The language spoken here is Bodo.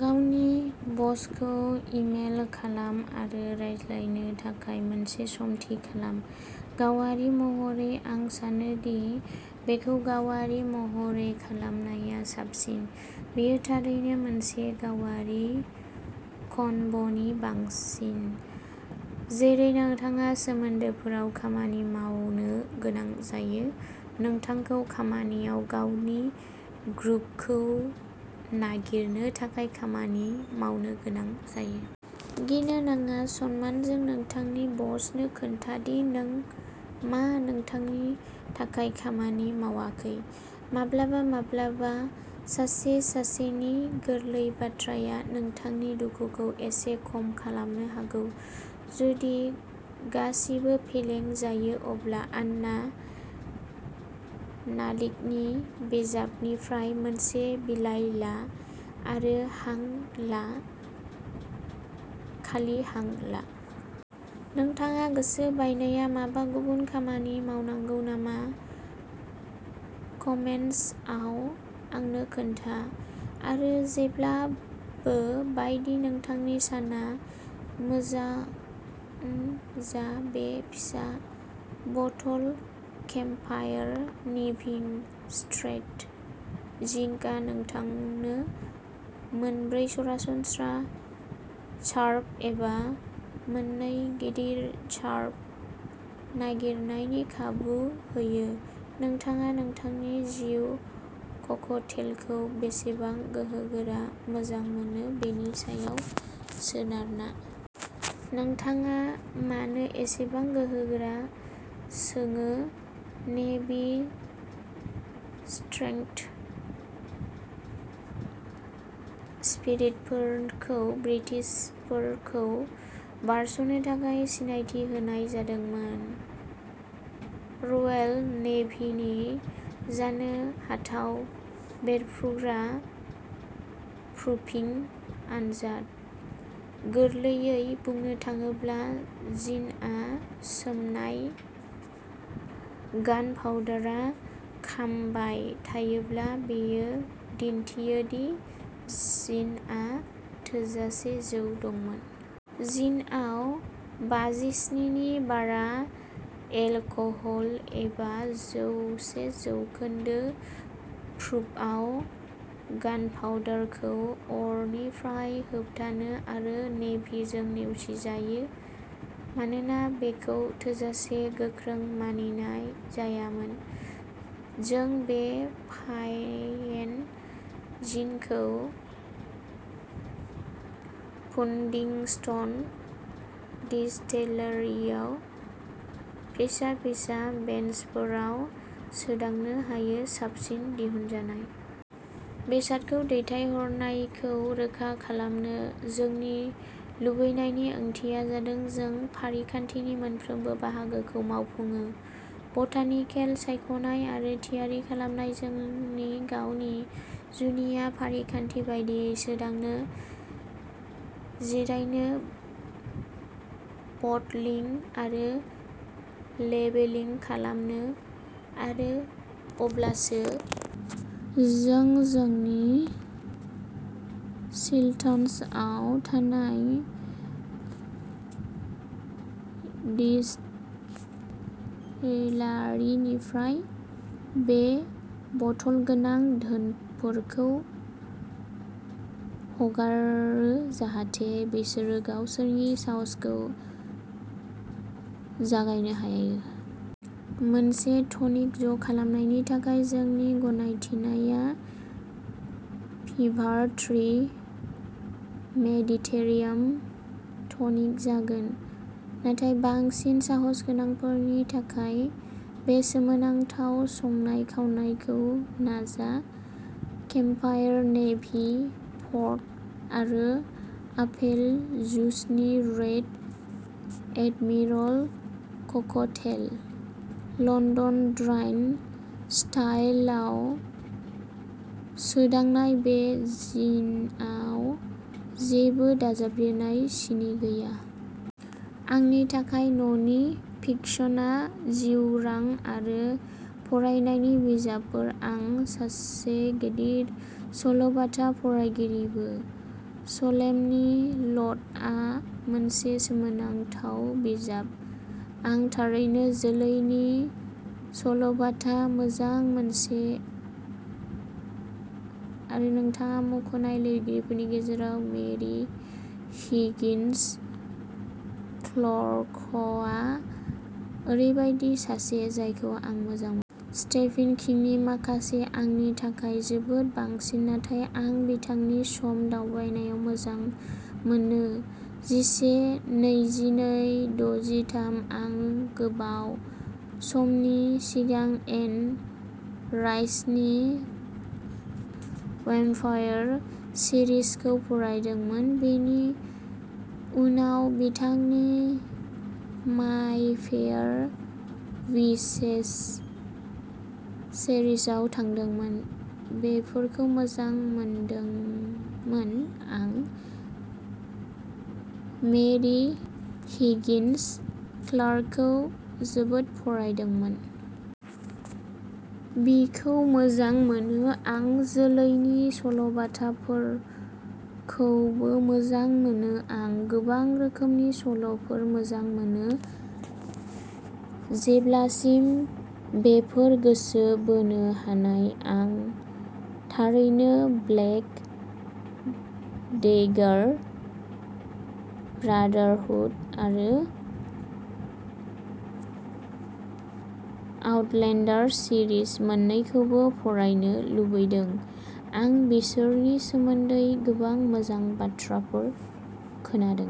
गावनि बसखौ इमेल खालाम आरो रायज्लायनो थाखाय मोनसे सम थि खालाम। गावारि महरै, आं सानो दि बेखौ गावारि महरै खालामनाया साबसिन; बेयो थारैनो मोनसे गावारि कन्भ'नि बांसिन। जेरै नोंथाङा सोमोन्दोफोराव खामानि मावनो गोनां जायो, नोंथांखौ खामानियाव गावनि ग्रुभखौ नागिरनो थाखाय खामानि मावनो गोनां जायो। गिनो नाङा, सनमानजों, नोंथांनि बसनो खोन्था दि नों मा नोंथांनि थाखाय खामानि मावाखै। माब्लाबा माब्लाबा सासे-सासेनि गोरलै बाथ्राया नोंथांनि दुखुखौ एसे खम खालामनो हागौ। जुदि गासिबो फेलें जायो, अब्ला आन्ना नालिकनि बिजाबनिफ्राय मोनसे बिलाइ ला आरो हां ला, खालि हां ला। नोंथाङा गोसो बायनाया माबा गुबुन खामानि मावनांगौ नामा कमेन्ट्सआव आंनो खोन्था आरो जेब्लाबो बायदि नोंथांनि साना जोबोद मोजां जा बे फिसा बथल केम्पफायर नेभि स्ट्रेंथ जिनआ नोंथांनो मोनब्रै सरासनस्रा सार्भ एबा मोननै गिदिर सार्भ नागिरनायनि खाबु होयो, नोंथाङा नोंथांनि जिउ ककटेलखौ बेसेबां गोहोगोरा मोजां मोनो बेनि सायाव सोनारना। नोंथाङा मानो एसेबां गोहोगोरा सोङो नेभि स्ट्रेंथ स्पिरिटफोरखौ ब्रिटिशफोरखौ बारस'नो थाखाय सिनायथि होनाय जादोंमोन। रयेल नेभिनि जानो हाथाव बेरफ्रुग्रा प्रुफिं आनजाद। गोरलैयै बुंनो थाङोब्ला, जिनआ सोमनाय गानपाउडारआ खामबाय थायोब्ला बेयो दिन्थियो दि जिनआ थोजासे जौ दंमोन। जिनआव बाजिस्नि नि बारा एलकहल एबा जौसे जौखोन्दो प्रुफआव गानपाउडारखौ अरनिफ्राय होबथायो आरो नेभिजों नेवसिजायो मानोना बेखौ थोजासे गोख्रों मानिनाय जायामोन। जों बे फाइन जिनखौ पुडिंस्टन डिस्टिलारिआव फिसा-फिसा बेचफोराव सोदांनो हायो। साबसिन दिहुनजानाय बेसादखौ दैथायहरनायखौ रोखा खालामनो जोंनि लुबैनायनि ओंथिया जादों जों फारिखान्थिनि मोनफ्रोमबो बाहागोखौ मावफुङो, बटानिकेल सायख'नाय आरो थियारि खालामनाय, जोंनि गावनि जुनिया फारिखान्थि बायदियै सोदांनो, जिरायनो बटलिं आरो लेबेलिं खालामनो आरो अब्लासो जों जोंनि चिल्टार्न्सआव थानाय डिस्टिलारिनिफ्राय बे बटल गोनां धोनफोरखौ हगारो जाहाथे बिसोरो गावसोरनि साहसखौ जागायनो हायो। मोनसे टनिक ज' खालामनायनि थाखाय जोंनि गनायथिनायआ फिभार-ट्री मेडिटेरेनियान टनिक जागोन नाथाय बांसिन साहसगोनांफोरनि थाखाय बे सोमोनांथाव संनाय-खावनायखौ नाजा। केम्पफायर नेभी, पर्ट आरो आपेल जुसनि-रेड एडमिरल ककटेल। लन्दन ड्राइ स्टाइलआव सोदांनाय बे जिनआव जेबो दाजाबदेरनाय सिनि गैया। आंनि थाखाय, ननि-फिकशनआ जिउरां आरो फरायनायनि बिजाबफोर आं सासे गिदिर सल'बाथा फरायगिरिबो। सलेमनि ल'टआ मोनसे सोमोनांथाव बिजाब। आं थारैनो जोलैनि सल'बाथा मोजां मोनसे आरो नोंथाङा मुंख'नाय लिरगिरिफोरनि गेजेराव, मेरि हिगिन्स क्लर्कआ ओरैबायदि सासे जायखौ आं मोजां मोनो। स्टेफेन किंनि माखासेआ आंनि थाखाय जोबोद बांसिन, नाथाय आं बिथांनि सम-दावबायनाय मोजां मोनो जिसे-नैजिनै-दजिथाम । आं गोबाव समनि सिगां एन राइसनि वेम्पायर सिरिजखौ फरायदोंमोन, बेनि उनाव बिथांनि मायफेयार विचेस सिरिजआव थांदोंमोन बेफोरखौ मोजां मोनदोंमोन आं मेरि हिगिन्स क्लार्कखौ जोबोद फरायदोंमोन! बिखौ मोजां मोनो आं जोलैनि सल'बाथाफोरखौबो मोजां मोनो आं गोबां रोखोमनि सल'फोर मोजां मोनो, जेब्लासिम बेफोर गोसो बोनो हानाय आं थारैनो ब्लेक डेगार ब्रादारहुड आरो आउटलेन्डार सिरिज मोन्नैखौबो फरायनो लुबैदों। आं बिसोरनि सोमोन्दै गोबां मोजां बाथ्राफोर खोनादों।